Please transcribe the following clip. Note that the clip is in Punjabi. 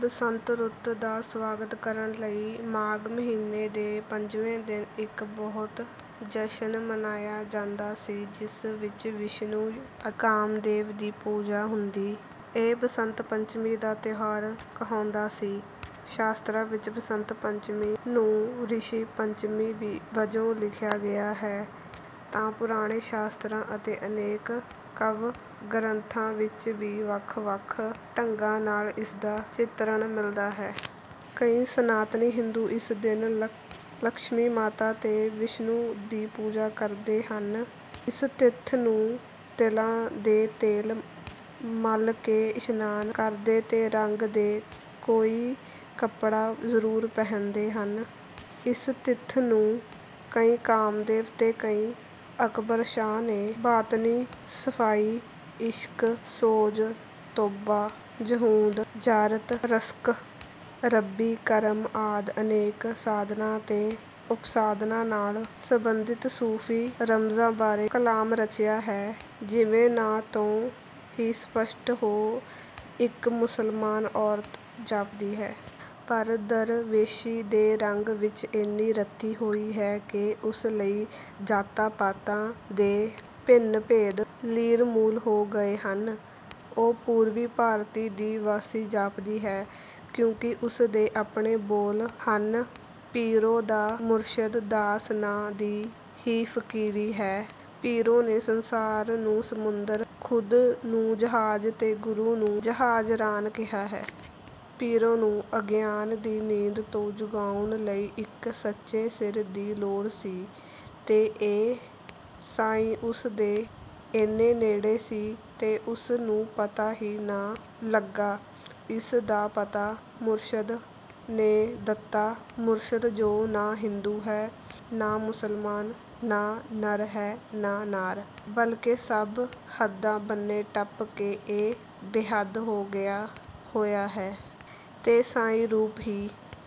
ਬਸੰਤ ਰੁੱਤ ਦਾ ਸਵਾਗਤ ਕਰਨ ਲਈ ਮਾਘ ਮਹੀਨੇ ਦੇ ਪੰਜਵੇਂ ਦਿਨ ਇੱਕ ਬਹੁਤ ਜਸ਼ਨ ਮਨਾਇਆ ਜਾਂਦਾ ਸੀ ਜਿਸ ਵਿੱਚ ਵਿਸ਼ਨੂੰ, ਕਾਮਦੇਵ ਦੀ ਪੂਜਾ ਹੁੰਦੀ, ਇਹ ਬਸੰਤ ਪੰਚਮੀ ਦਾ ਤਿਉਹਾਰ ਕਹਾਂਦਾ ਸੀ। ਸ਼ਾਸਤਰਾਂ ਵਿੱਚ ਬਸੰਤ ਪੰਚਮੀ ਨੂੰ ਰਿਸ਼ੀ ਪੰਚਮੀ ਵਜੋਂ ਲਿਖਿਆ ਗਿਆ ਹੈ, ਤਾਂ ਪੁਰਾਨੇ ਸ਼ਾਸਤਰਾਂ ਅਤੇ ਅਨੇਕ ਕਾਵਿ-ਗਰੰਥਾਂ ਵਿੱਚ ਵੀ ਵੱਖ ਵੱਖ ਢੰਗਾਂ ਨਾਲ ਇਸਦਾ ਚਿਤਰਣ ਮਿਲਦਾ ਹੈ। ਕਈ ਸਨਾਤਨੀ ਹਿੰਦੂ ਇਸ ਦਿਨ ਲਕਸ਼ਮੀ ਤੇ ਵਿਸ਼ਨੂੰ ਦੀ ਪੂਜਾ ਵੀ ਕਰਦੇ ਹਨ। ਇਸ ਤਿੱਥ ਨੂੰ ਤਿਲਾਂ ਦਾ ਤੇਲ ਮਲ ਕੇ ਇਸ਼ਨਾਨ ਕਰਦੇ ਤੇ ਰੰਗ ਦਾ ਕੋਈ ਕੱਪੜਾ ਜ਼ਰੂਰ ਪਹਿਨਦੇ ਹਨ। ਇਸ ਤਿਥੀ ਨੂੰ ਕਈ ਕਾਮਦੇਵ ਤੇ ਕਈ ਅਕਬਰ ਸ਼ਾਹ ਨੇ ਬਾਤਨੀ ਸਫਾਈ, ਇਸ਼ਕ, ਸੋਜ਼, ਤੋਬਾ, ਜ਼ੁੂਹਦ, ਜਿਆਰਤ, ਰਸਕ, ਰੱਬੀ, ਕਰਮ ਆਦਿ ਅਨੇਕਾ ਸਾਧਾਨਾ ਤੇ ਉਪਾਸਨਾ ਨਾਲ ਸੰਬੰਧਿਤ ਸੂਫ਼ੀ ਰਮਜਾਂ ਬਾਰੇ ਕਲਾਮ ਰਚਿਆ ਹੈ। ਜਿਵੇਂ ਨਾਂ ਤੋਂ ਸਪੱਸ਼ਟ ਹੋ ਇਕ ਮੁਸਲਮਾਨ ਔਰਤ ਜਾਪਦੀ ਹੈ। ਪਰ ਦਰਵੇਸ਼ੀ ਦੇ ਰੰਗ ਵਿਚ ਏਨੀ ਰੱਤੀ ਹੋਈ ਹੈ ਕਿ ਉਸ ਲਈ ਜਾਤਾਂ ਪਾਤਾਂ ਦੇ ਭਿੰਨ ਭੇਦ ਲਿਰਮੂਲ ਹੋ ਗਏ ਹਨ। ਉਹ ਪੂਰਬੀ ਭਾਰਤੀ ਦੀ ਵਾਸੀ ਜਾਪਦੀ ਹੈ ਕਿਉਂਕਿ ਉਸ ਦੇ ਆਪਣੇ ਬੋਲ ਹਨ: ਪੀਰੋ ਦਾ ਮੁਰਸ਼ਦ ਦਾਸ ਨਾਂ ਦਾ ਹੀ ਫਕੀਰ ਹੈ ਪੀਰੋ ਨੇ ਸੰਸਾਰ ਨੂੰ ਸਮੁੰਦਰ, ਖੁਦ ਨੂੰ ਜਹਾਜ ਤੇ ਗੁਰੂ ਨੂੰ ਜਹਾਜ਼ਰਾਨ ਕਿਹਾ ਹੈ। ਪੀਰੋ ਨੂੰ ਅਗਿਆਨ ਦੀ ਨੀਂਦ ਤੋਂ ਜਗਾਉਣ ਲਈ ਇੱਕ ਸੱਚੇ ਸਿਰ ਦੀ ਲੋੜ ਸੀ। ਤੇ ਇਹ ਸਾਂਈ ਉਸ ਦੇ ਐਨ ਨੇੜੇ ਸੀ ਤੇ ਉਸ ਨੂੰ ਪਤਾ ਹੀ ਨਾ ਲੱਗਾ। ਇਸ ਦਾ ਪਤਾ ਮੁਰਸ਼ਦ ਨੇ ਦਿੱਤਾ, ਮੁਰਸ਼ਦ ਜੋ ਨਾ ਹਿੰਦੂ ਹੈ ਨਾ ਮੁਸਲਮਾਨ, ਨਾ ਨਰ ਹੈ, ਨਾ ਨਾਰ, ਬਲਕਿ ਸਭ ਹੱਦਾਂ ਬੰਨੇ ਟੱਪ ਕੇ ਇਹ ਬੇਹੱਦ ਹੋ ਗਿਆ ਹੋਇਆ ਹੈ ਤੇ ਸਾਈ ਰੂਪ ਹੀ